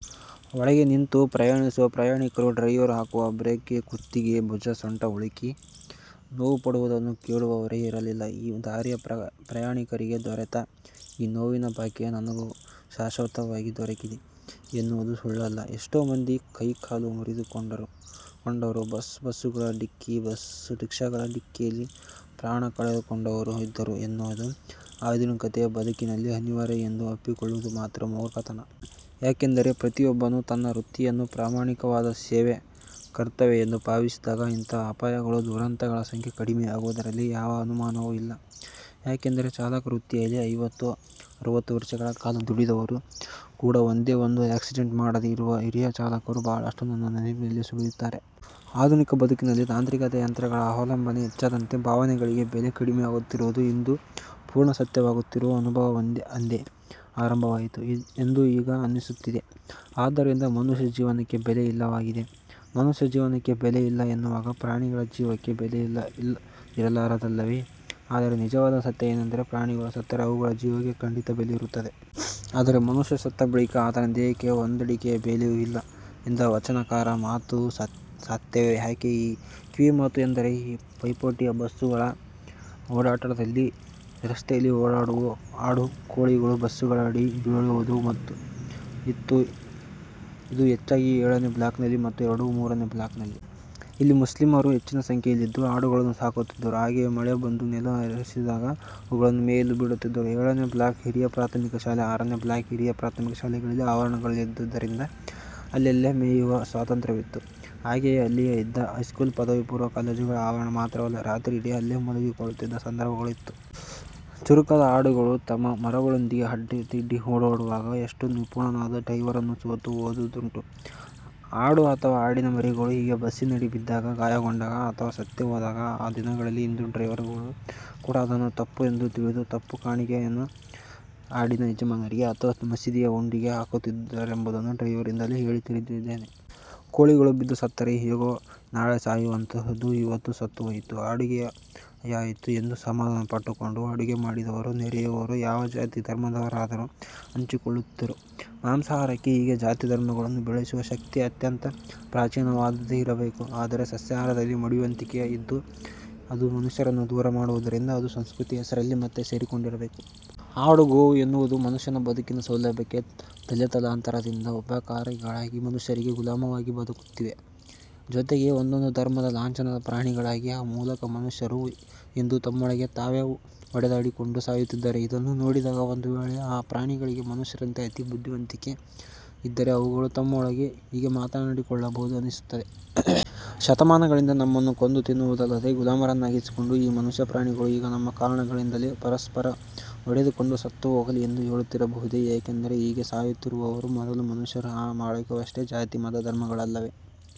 ಒಳಗೆ ನಿಂತು ಪ್ರಯಾಣಿಸುವ ಪ್ರಯಾಣಿಕರು ಡ್ರೈವರ್ ಹಾಕುವ ಬ್ರೇಕ್ಗೆ ಕುತ್ತಿಗೆ, ಭುಜ, ಸೊಂಟ ಉಳುಕಿ ನೋವು ಪಡುವುದನ್ನು ಕೇಳುವವರೇ ಇರಲಿಲ್ಲ. ಈ ದಾರಿಯ ಪ್ರಯಾಣಿಕರಿಗೆ ದೊರೆತ ಈ ನೋವಿನ ಭಾಗ್ಯ ನನಗೂ ಶಾಶ್ವತವಾಗಿ ದೊರಕಿದೆ ಎನ್ನುವುದು ಸುಳ್ಳಲ್ಲ. ಎಷ್ಟೋ ಮಂದಿ ಕೈ ಕಾಲು ಮುರಿದುಕೊಂಡವರೂ, ಬಸ್ಸು ಬಸ್ಸುಗಳ ಢಿಕ್ಕಿ, ಬಸ್ಸು ರಿಕ್ಷಾಗಳ ಢಿಕ್ಕಿಯಲ್ಲಿ ಪ್ರಾಣ ಕಳಕೊಂಡವರೂ ಇದ್ದರು ಎನ್ನುವುದು ಆಧುನಿಕತೆಯ ಬದುಕಿನಲ್ಲಿ ಅನಿವಾರ್ಯ ಎಂದು ಒಪ್ಪಿಕೊಳ್ಳುವುದು ಮಾತ್ರ ಮೂರ್ಖತನ. ಯಾಕೆಂದರೆ ಪ್ರತಿಯೊಬ್ಬನೂ ತನ್ನ ವೃತ್ತಿಯನ್ನು ಪ್ರಾಮಾಣಿಕವಾದ ಸೇವೆ, ಕರ್ತವ್ಯ ಎಂದು ಭಾವಿಸಿದಾಗ ಇಂತಹ ಅಪಾಯಗಳು, ದುರಂತಗಳ ಸಂಖ್ಯೆ ಕಡಿಮೆಯಾಗುವುದರಲ್ಲಿ ಯಾವ ಅನುಮಾನವೂ ಇಲ್ಲ. ಯಾಕೆಂದರೆ ಚಾಲಕ ವೃತ್ತಿಯಲ್ಲಿ ಐವತ್ತು, ಅರವತ್ತು ವರ್ಷಗಳ ಕಾಲ ದುಡಿದವರು ಕೂಡಾ ಒಂದೇ ಒಂದು ಆಕ್ಸಿಡೆಂಟ್ ಮಾಡದೆ ಇರುವ ಹಿರಿಯ ಚಾಲಕರು ಬಹಳಷ್ಟು ನನ್ನ ನೆನಪಿನಲ್ಲಿ ಸುಳಿಯುತ್ತಾರೆ. ಆಧುನಿಕ ಬದುಕಿನಲ್ಲಿ ತಾಂತ್ರಿಕತೆ, ಯಂತ್ರಗಳ ಅವಲಂಬನೆ ಹೆಚ್ಚಾದಂತೆ ಭಾವನೆಗಳಿಗೆ ಬೆಲೆ ಕಡಿಮೆಯಾಗುತ್ತಿರುವುದು ಇಂದು ಪೂರ್ಣ ಸತ್ಯವಾಗುತ್ತಿರುವ ಅನುಭವ ಅಂದೇ ಆರಂಭವಾಯಿತು ಎಂದು ಈಗ ಅನ್ನಿಸುತ್ತಿದೆ. ಆದ್ದರಿಂದ ಮನುಷ್ಯ ಜೀವಕ್ಕೆ ಬೆಲೆ ಇಲ್ಲವಾಗಿದೆ. ಮನುಷ್ಯ ಜೀವಕ್ಕೆ ಬೆಲೆ ಇಲ್ಲ ಎನ್ನುವಾಗ ಪ್ರಾಣಿಗಳ ಜೀವಕ್ಕೆ ಬೆಲೆ ಇರಲಾರದಲ್ಲವೇ ಆದರೆ ನಿಜವಾದ ಸತ್ಯ ಏನೆಂದರೆ ಪ್ರಾಣಿಗಳು ಸತ್ತರೆ ಅವುಗಳ ಜೀವಕ್ಕೆ ಖಂಡಿತಾ ಬೆಲೆ ಇರುತ್ತದೆ. ಆದರೆ ಮನುಷ್ಯ ಸತ್ತ ಬಳಿಕ ಆತನ ದೇಹಕ್ಕೆ ಒಂದಡಕೆಯ ಬೆಲೆಯೂ ಇಲ್ಲ ಎಂದ ವಚನಕಾರರ ಮಾತು ಸತ್ಯವೇ ಯಾಕೆ ಈ ಕಿವಿಮಾತು ಎಂದರೆ ಈ ಪೈಪೋಟಿಯ ಬಸ್ಸುಗಳ ಓಡಾಟದಲ್ಲಿ ರಸ್ತೆಯಲ್ಲಿ ಓಡಾಡುವ ಆಡು, ಕೋಳಿಗಳು ಬಸ್ಸುಗಳಡಿ ಬೀಳುವುದೂ ಇತ್ತು. ಇದು ಹೆಚ್ಚಾಗಿ ಏಳನೆ ಬ್ಲಾಕ್ನಲ್ಲಿ ಮತ್ತು ಎರಡು, ಮೂರನೆ ಬ್ಲಾಕ್ನಲ್ಲಿ. ಇಲ್ಲಿ ಮುಸ್ಲಿಮರು ಹೆಚ್ಚಿನ ಸಂಖ್ಯೆಯಲ್ಲಿದ್ದು ಆಡುಗಳನ್ನು ಸಾಕುತ್ತಿದ್ದರು. ಹಾಗೆಯೇ ಮಳೆ ಬಂದು ನೆಲ ಹಸಿರಾದಾಗ ಅವುಗಳನ್ನು ಮೇಯಲು ಬಿಡುತ್ತಿದ್ದರು. ಏಳನೆ ಬ್ಲಾಕ್ನ ಹಿರಿಯ ಪ್ರಾಥಮಿಕ ಶಾಲೆ, ಆರನೆ ಬ್ಲಾಕ್ನ ಹಿರಿಯ ಪ್ರಾಥಮಿಕ ಶಾಲೆಗಳಿಗೆ ಆವರಣಗಳಿಲ್ಲದಿದ್ದುದರಿಂದ ಅಲ್ಲೆಲ್ಲಾ ಮೇಯುವ ಸ್ವಾತಂತ್ತ್ರ್ಯವಿತ್ತು. ಹಾಗೆಯೇ ಅಲ್ಲಿಯೇ ಇದ್ದ ಹೈಸ್ಕೂಲ್, ಪದವಿ ಪೂರ್ವ ಕಾಲೇಜುಗಳ ಆವರಣ ಮಾತ್ರವಲ್ಲ, ರಾತ್ರಿಯಿಡೀ ಅಲ್ಲೇ ಮಲಗಿಕೊಳ್ಳುತ್ತಿದ್ದ ಸಂದರ್ಭಗಳೂ ಇತ್ತು. ಚುರುಕಾದ ಆಡುಗಳು ತಮ್ಮ ಮರಿಗಳೊಂದಿಗೆ ಅಡ್ಡಾದಿಡ್ಡಿ ಓಡಾಡುವಾಗ ಎಷ್ಟು ನಿಪುಣನಾದ ಡ್ರೈವರನೂ ಸೋತು ಹೋದುದುಂಟು. ಆಡು ಅಥವಾ ಆಡಿನ ಮರಿಗಳು ಹೀಗೆ ಬಸ್ಸಿನಡಿ ಬಿದ್ದಾಗ, ಗಾಯಗೊಂಡಾಗ ಅಥವಾ ಸತ್ತೇ ಹೋದಾಗ ಆ ದಿನಗಳಲ್ಲಿ ಹಿಂದೂ ಡ್ರೈವರ್ಗಳು ಕೂಡಾ ಅದನ್ನು ತಪ್ಪು ಎಂದು ತಿಳಿದು 'ತಪ್ಪು ಕಾಣಿಕೆ'ಯನ್ನು ಆಡಿನ ಯಜಮಾನರಿಗೆ ಅಥವಾ ಮಸೀದಿಯ ಹುಂಡಿಗೆ ಹಾಕುತ್ತಿದ್ದರೆಂಬುದನ್ನು ಡ್ರೈವರ್ರಿಂದಲೇ ಕೇಳಿ ತಿಳಿದಿದ್ದೇನೆ. ಕೋಳಿಗಳು ಬಿದ್ದು ಸತ್ತರೆ ಹೇಗೂ ನಾಳೆ ಸಾಯುವಂತಹುದು ಇವತ್ತು ಸತ್ತು ಹೋಯಿತು. ಅಡುಗೆಗಾಯ್ತು ಎಂದು ಸಮಾಧಾನಪಟ್ಟುಕೊಂಡು ಅಡುಗೆ ಮಾಡಿದವರು ನೆರೆಯವರು ಯಾವ ಜಾತಿ, ಧರ್ಮದವರಾದರೂ ಹಂಚಿಕೊಳ್ಳುತ್ತಿದ್ದರು. ಮಾಂಸಾಹಾರಕ್ಕೆ ಹೀಗೆ ಜಾತಿ ಧರ್ಮಗಳನ್ನು ಬೆಸೆಯುವ ಶಕ್ತಿ ಅತ್ಯಂತ ಪ್ರಾಚೀನವಾದುದೇ ಇರಬೇಕು. ಆದರೆ ಸಸ್ಯಾಹಾರದಲ್ಲಿ ಮಡಿವಂತಿಕೆ ಇದ್ದು, ಅದು ಮನುಷ್ಯರನ್ನು ದೂರ ಮಾಡುವುದರಿಂದ ಅದು ಸಂಸ್ಕೃತಿಯ ಹೆಸರಲ್ಲಿ ಮತ್ತೆ ಸೇರಿಕೊಂಡಿರಬೇಕು. ಆಡು, ಗೋವು ಎನ್ನುವುದು ಮನುಷ್ಯನ ಬದುಕಿನ ಸೌಲಭ್ಯಕ್ಕೆ ತಲೆತಲಾಂತರದಿಂದ ಉಪಕಾರಿಗಳಾಗಿ ಮನುಷ್ಯರಿಗೆ ಗುಲಾಮವಾಗಿ ಬದುಕುತ್ತಿವೆ. ಜೊತೆಗೆ ಒಂದೊಂದು ಧರ್ಮದ ಲಾಂಛನದ ಪ್ರಾಣಿಗಳಾಗಿ ಆ ಮೂಲಕ ಮನುಷ್ಯರು ಇಂದು ತಮ್ಮೊಳಗೆ ತಾವೇ ಹೊಡೆದಾಡಿಕೊಂಡು ಸಾಯುತ್ತಿದ್ದಾರೆ. ಇದನ್ನು ನೋಡಿದಾಗ ಒಂದು ವೇಳೆ ಆ ಪ್ರಾಣಿಗಳಿಗೆ ಮನುಷ್ಯರಂತೆ ಅತೀ ಬುದ್ಧಿವಂತಿಕೆ ಇದ್ದರೆ ಅವುಗಳು ತಮ್ಮೊಳಗೆ ಹೀಗೆ ಮಾತಾಡಿಕೊಳ್ಳಬಹುದು ಅನ್ನಿಸುತ್ತದೆ. ''ಶತಮಾನಗಳಿಂದ ನಮ್ಮನ್ನು ಕೊಂದು ತಿನ್ನುವುದಲ್ಲದೆ, ಗುಲಾಮರನ್ನಾಗಿಸಿಕೊಂಡ ಈ ಮನುಷ್ಯ ಪ್ರಾಣಿಗಳು ಈಗ ನಮ್ಮ ಕಾರಣಗಳಿಂದಲೇ ಪರಸ್ಪರ ಹೊಡೆದುಕೊಂಡು ಸತ್ತು ಹೋಗಲಿ'' ಎಂದು ಹೇಳುತ್ತಿರಬಹುದೇ ಯಾಕೆಂದರೆ ಹೀಗೆ ಸಾಯುತ್ತಿರುವವರು ಮೊದಲು ಮನುಷ್ಯರು, ಆ ಬಳಿಕವಷ್ಟೇ ಜಾತಿ, ಮತ, ಧರ್ಮಗಳಲ್ಲವೇ.